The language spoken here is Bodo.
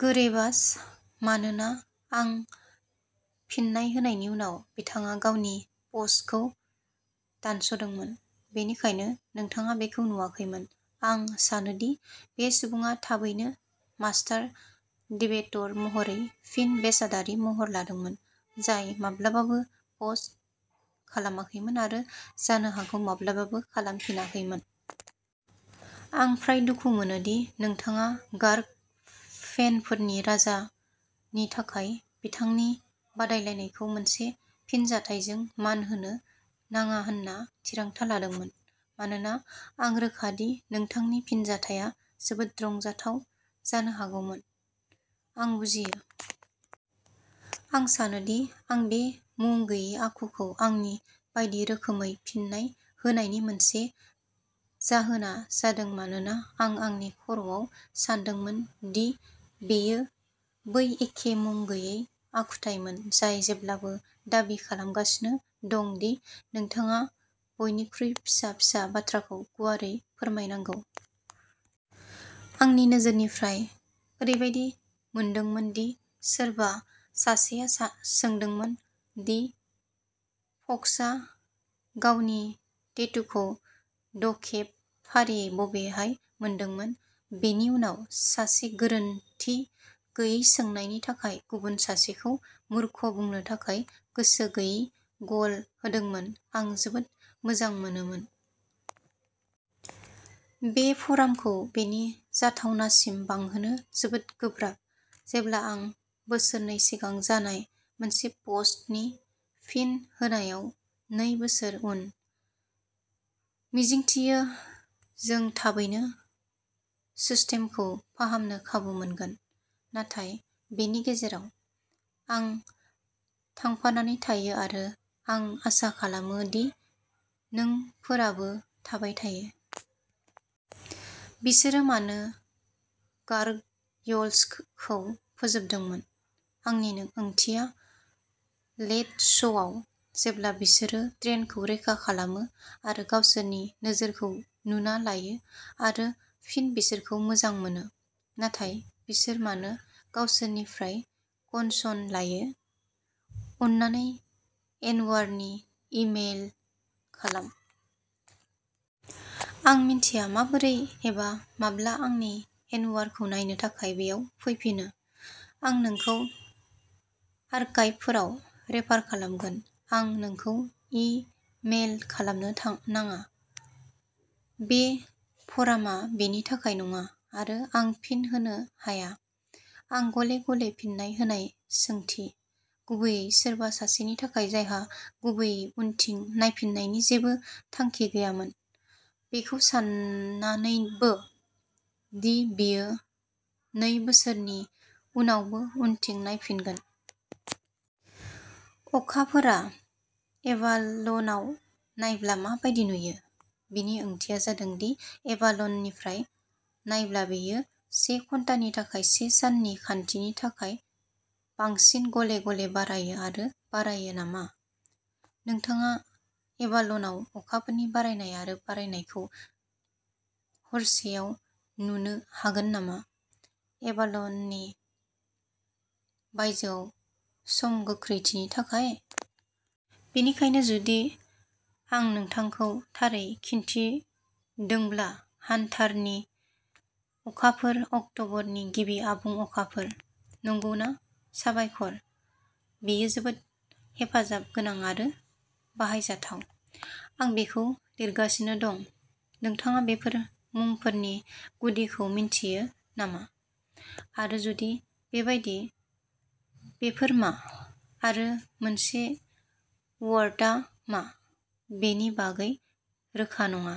गोरेबाश, मानोना आं फिननाय होनायनि उनाव बिथाङा गावनि पस्टखौ दानस'दोंमोन। बेनिखायनो नोंथाङा बेखौ नुवाखैमोन। आं सानो दि बे सुबुङा थाबैनो मास्टार डिबेट'र महरै फिन बेसादारि महर लादोंमोन, जाय माब्लाबाबो पस्ट खालामाखैमोन आरो जानो हागौ माब्लाबाबो खालामफिनाखैमोन। आं फ्राय दुखु मोनो दि नोंथाङा गार्ग फेनफोरनि राजा नि थाखाय बिथांनि बादायलायनायखौ मोनसे फिनजाथायजों मान होनो नाङा होनना थिरांथा लादोंमोन, मानोना आं रोखा दि नोंथांनि फिनजाथाया जोबोद रंजाथाव जानो हागौमोन। आं बुजियो। आं सानो दि आं बे मुं गैयै आखुखौ आंनि बायदि रोखोमै फिननाय होनायनि मोनसे जाहोना जादों मानोना आं आंनि खर'आव सानदोंमोन दि बेयो बै एखे मुं गैयै आखुथाइमोन जाय जेब्लाबो दाबि खालामगासिनो दं दि नोंथाङा बयनिख्रुइ फिसा फिसा बाथ्राखौ गुवारै फोरमायनांगौ। आंनि नोजोरनिफ्राय, ओरैबायदि मोनदोंमोन दि सोरबा सासेया सोंदोंमोन दि फक्सआ गावनि टेटुखौ द'खेब फारियै बबेहाय मोनदोंमोन, बेनि उनाव सासे गोरोनथि गैयै सोंनायनि थाखाय गुबुन सासेखौ मूर्ख बुंनो थाखाय गोसो गैयै गल होदोंमोन। आं जोबोद मोजां मोनोमोन। बे फ'रामखौ बेनि जाथावनासिम बांहोनो जोबोद गोब्राब, जेब्ला आं बोसोरनै सिगां जानाय मोनसे पस्टनि फिन होनायाव नै बोसोर उन। मिजिंथियो, जों थाबैनो सिस्टेमखौ फाहामनो खाबु मोनगोन। नाथाय बेनि गेजेराव, आं थांफानानै थायो आरो आं आसा खालामो दि नोंफोराबो थाबाय थायो। बिसोर मानो गारग'यल्सखौ फोजोबदोंमोन? आंनि ओंथिया, लेट श'आव, जेब्ला बिसोरो ट्रेनखौ रैखा खालामो आरो गावसोरनि नोजोरखौ नुना लायो आरो फिन बिसोरखौ मोजां मोनो। नाथाय बिसोर मानो गावसोरनिनिफ्राय कनसन लायो? अन्नानै एनवारनि इ मेइल खालाम। आं मिथिया माबोरै एबा माब्ला आंनि एनवारखौ नायनो थाखाय बेयाव फैफिनो। आं नोंखौ आर्काइभफोराव रेफार खालामगोन। आं नोंखौ इ मेइल खालामनो नाङा। बे फ'रामआ बेनि थाखाय नङा आरो आं फिन होनो हाया। आं गले-गले फिननाय होनाय सोंथि, गुबैयै सोरबा सासेनि थाखाय जायहा गुबैयै उनथिं नायफिन्नायनि जेबो थांखि गैयामोन, बेखौ सान्नानैबो दि बियो नै बोसोरनि उनावबो उनथिं नायफिगोन। अखाफोरआ एभाल'नाव नायब्ला मा बायदि नुयो? बिनि ओंथिया जादों दि एभाल'ननिफ्राय नायब्ला बेयो से घन्टानि थाखाय से साननि खान्थिनि थाखाय बांसिन गले-गले बारायो आरो बारायो नामा? नोंथाङा एभाल'नाव अखाफोरनि बारायनाय आरो बारायनायखौ हरसेआव नुनो हागोन नामा, एभाल'ननि बायजोआव सम गोख्रैथिनि थाखाय? बेनिखायनो, जुदि आं नोंथांखौ थारै खिन्थिदोंब्ला हान्टारनि अखाफोर अक्ट'बरनि गिबि आबुं अखाफोर। नंगौना? साबायखर। बेयो जोबोद हेफाजाब गोनां आरो बाहायजाथाव। आं बेखौ लिरगासिनो दं। नोंथाङा बेफोर मुंफोरनि गुदिखौ मिन्थियो नामा? आरो जुदि बेबादि, बेफोर मा? आरो मोनसे वर्टआ मा? बेनि बागै रोखा नङा।